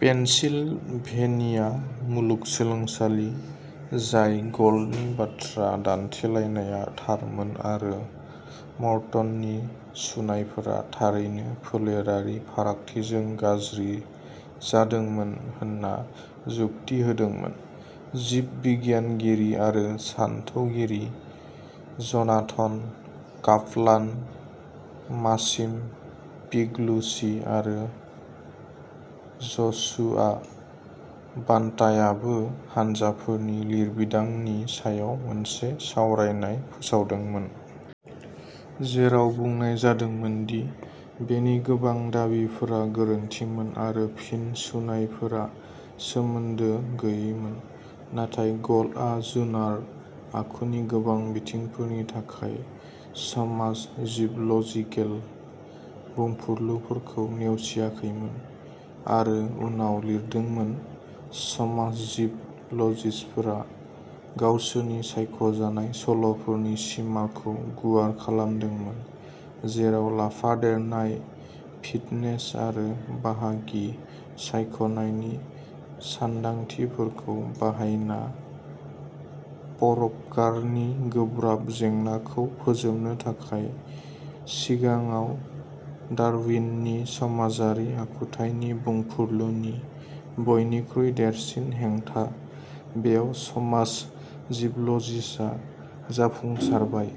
Pennsylvania मुलुगसोलोंसालि जाय ग'ल्डनि बाथ्रा दान्थेलायनाया थारमोन आरो मर्टननि सुनायफोरा थारैनो फोलेरारि फारागथिजों गाज्रि जादोंमोन होनना जुक्ति होदोंमोन। जिब बिगियानगिरि आरो सानथौगिरि जनाथन कापलान, मासिम'पिग्लुचि, आरो जसुआ बान्टायाबो हानजाफोरनि लिरबिदांनि सायाव मोनसे सावरायनाय फोसावदोंमोन। जेराव बुंनाय जादोंमोन दि बेनि गोबां दाबिफोरा गोरोन्थिमोन आरो फिन सुनायफोरा सोमोन्दो गैयैमोन। नाथाय ग'ल्डआ जुनार आखुनि गोबां बिथिंफोरनि थाखाय समाज'जिब'ल'जिकेल बुंफुरलुफोरखौ नेवसियाखैमोन आरो उनाव लिरदोंमोन "समाज'जिब'ल'जिस्तफोरा गावसोरनि सायख'जानाय सल'फोरनि सिमाखौ गुवार खालामदोंमोन जेराव लाफादेरनाय फिटनेस आरो बाहागि सायख'नायनि सानदांथिफोरखौ बाहायना परोपकारनि गोब्राब जेंनाखौ फोजोबनो थाखाय सिगाङाव डारविननि समाजारि आखुथायनि बुंफुरलुनि बयनिख्रुइ देरसिन हेंथा बेयाव समाज'जिब'ल'जिस्तआ जाफुंसारबाय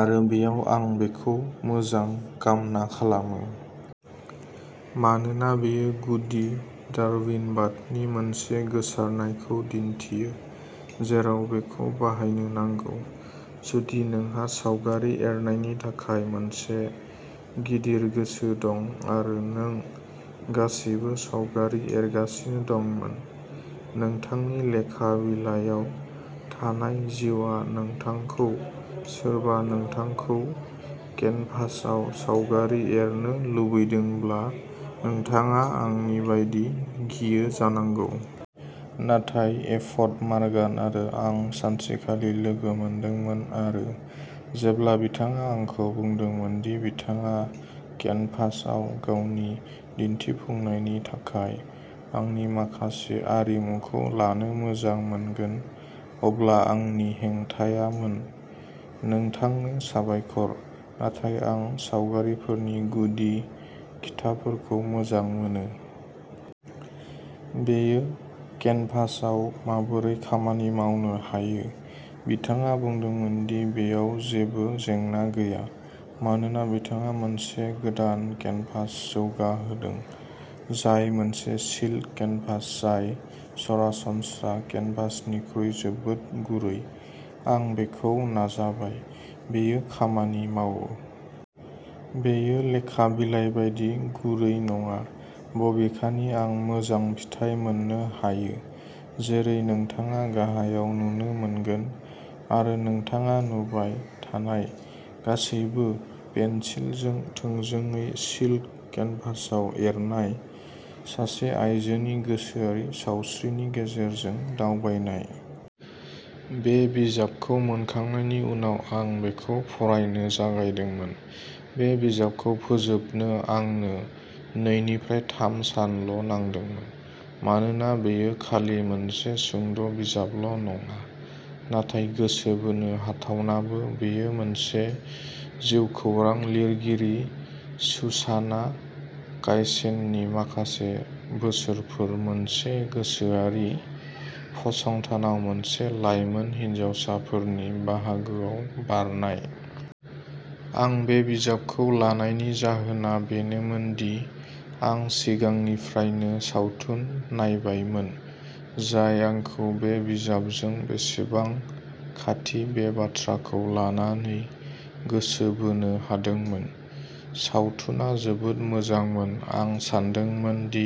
आरो बेयाव आं बेखौ मोजां कामना खालामो। मानोना बेयो गुदि डारविनबादनि मोनसे गोसारनायखौ दिन्थियो जेराव बेखौ बाहायनो नांगौ।" जुदि नोंहा सावगारि एरनायनि थाखाय मोनसे गिदिर गोसो दं आरो नों गासैबो सावगारि एरगासिनो दंमोन। नोंथांनि लेखा बिलायाव थानाय जिउआ नोंथांखौ सोरबा नोंथांखौ केनभासआव सावगारि एरनो लुबैदोंब्ला नोंथाङा आंनि बायदि गियो जानांगौ। नाथाय एभट मर्गान आरो आं सानसेखालि लोगो मोनदोंमोन आरो जेब्ला बिथाङा आंखौ बुंदोंमोन दि बिथाङा केनभासआव गावनि दिन्थिफुंनायनि थाखाय आंनि माखासे आरिमुखौ लानो मोजां मोनगोन अब्ला आंनि हेंथायामोन "नोंथांनो साबायखर। नाथाय आं सावगारिफोरनि गुदि खिथाफोरखौ मोजां मोनो। बेयो केनभासआव माबोरै खामानि मावनो हायो?" बिथाङा बुंदोंमोन दि बेयाव जेबो जेंना गैया मानोना बिथाङा मोनसे गोदान केनभास जौगाहोदों जाय मोनसे "सिल्क केनभास" जाय सरासनस्रा केनभासनिख्रुइ जोबोद गुरै। आं बेखौ नाजाबाय। बेयो खामानि मावो। बेयो लेखा बिलाय बायदि गुरै नङा बबेखानि आं मोजां फिथाय मोननो हायो जेरै नोंथाङा गाहायाव नुनो मोनगोन आरो नोंथाङा नुबाय थानाय गासैबो पेन्सिलजों थोंजोङै सिल्क केनभासआव एरनाय। सासे आयजोनि गोसोआरि सावस्रिनि गेजेरजों दावबायनाय। बे बिजाबखौ मोनखांनायनि उनाव आं बेखौ फरायनो जागायदोंमोन। बे बिजाबखौ फोजोबनो आंनो नैनिफ्राय थाम सानल' नांदोंमोन मानोना बेयो खालि मोनसे सुंद' बिजाबल' नङा नाथाय गोसो बोनो हाथावनाबो। बेयो मोनसे जिउखौरां लिरगिरि सुसाना कायसेननि माखासे बोसोरफोर मोनसे गोसोआरि फसंथानाव मोनसे लाइमोन हिनजावसाफोरनि बाहागोआव बारनाय। आं बे बिजाबखौ लानायनि जाहोना बेनोमोन दि आं सिगांनिफ्रायनो सावथुन नायबायमोन जाय आंखौ बे बिजाबजों बेसेबां खाथि बे बाथ्राखौ लानानै गोसो बोनो हादोंमोन। सावथुना जोबोद मोजांमोन आं सानदोंमोन दि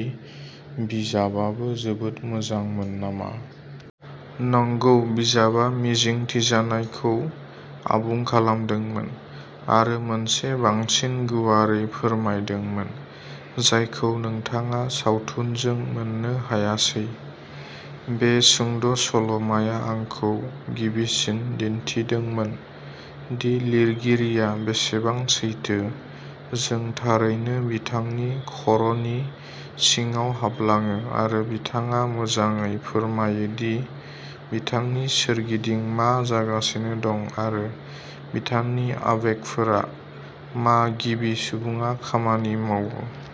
बिजाबाबो जोबोद मोजांमोन नामा? नंगौ बिजाबआ मिजिंथिजानायखौ आबुं खालामदोंमोन आरो मोनसे बांसिन गुवारै फोरमायदोंमोन जायखौ नोंथाङा सावथुनजों मोननो हायासै। बे सुंद' सल'माया आंखौ गिबिसिन दिन्थिदोंमोन दि लिरगिरिया बेसेबां सैथो जों थारैनो बिथांनि खर'नि सिङाव हाबलाङो आरो बिथाङा मोजाङै फोरमायो दि बिथांनि सोरगिदिं मा जागासिनो दं आरो बिथांनि आबेगफोरा मा गिबि सुबुङा खामानि मावो?